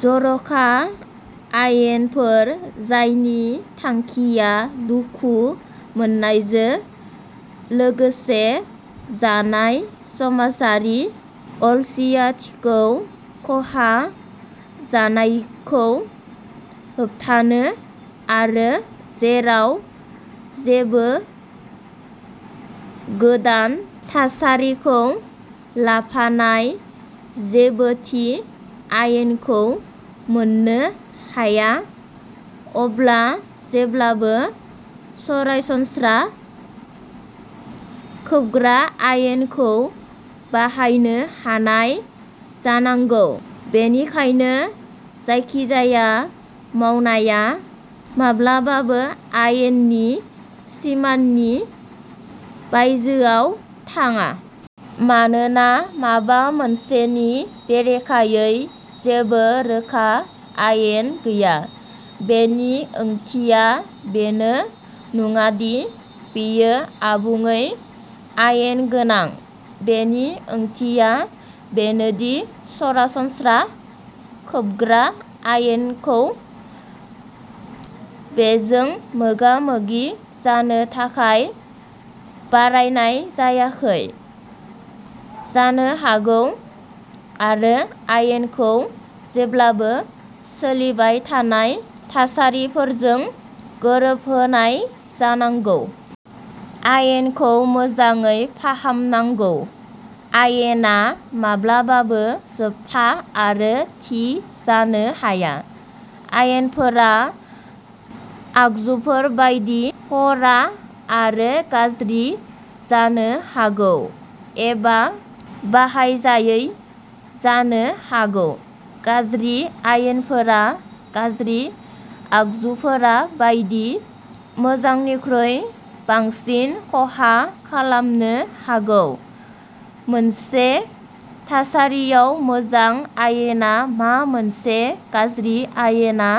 जर'खा आयेनफोर जायनि थांखिया दुखु मोननायजों लोगोसे जानाय समाजारि अलसियाथिखौ खहा जानायखौ होबथानो। आरो जेराव जेबो गोदान थासारिखौ लाफानाय जेबो थि आयेनखौ मोननो हाया, अब्ला जेब्लाबो सरासनस्रा खोबग्रा आयेनखौ बाहायनो हानाय जानांगौ। बेनिखायनो जायखिजाया मावनाया माब्लाबाबो आयेननि सिमानि बायजोआव थाङा। मानोना माबा मोनसेनि बेरेखायै जेबो रोखा आयेन गैया, बेनि ओंथिया बेनो नङा दि बेयो आबुङै आयेन गोनां। बेनि ओंथिया बेनो दि सरासनस्रा खोबग्रा आयेनखौ बेजों मोगा-मोगि जानो थाखाय बारायनाय जायाखै जानो हागौ। आरो आयेनखौ जेब्लाबो सोलिबाय थानाय थासारिफोरजों गोरोबहोनाय जानांगौ। आयेनखौ मोजाङै फाहामनांगौ। आयेना माब्लाबाबो जोबथा आरो थि जानो हाया। आयेनफोरा, आगजुफोर बायदि, ख'रा आरो गाज्रि जानो हागौ, एबा बाहायजायै जानो हागौ। गाज्रि आयेनफोरा, गाज्रि आगजुफोर बायदि, मोजांनिख्रुइ बांसिन खहा खालामनो हागौ। मोनसे थासारियाव मोजां आयेना मा मोनसे गाज्रि आयेना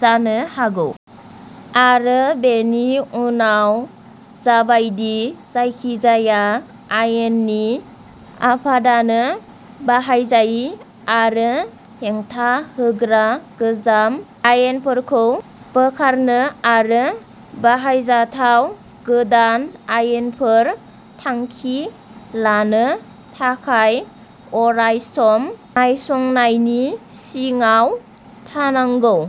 जानो हागौ। आरो बेनि उनाव जाबायदि जायखिजाया आयेननि आफादानो बाहायजायै आरो हेंथा होग्रा गोजाम आयेनफोरखौ बोखारनो आरो बाहायजाथाव गोदान आयेनफोर थांखि लानो थाखाय अराय सम नायसंनायनि सिङाव थानांगौ।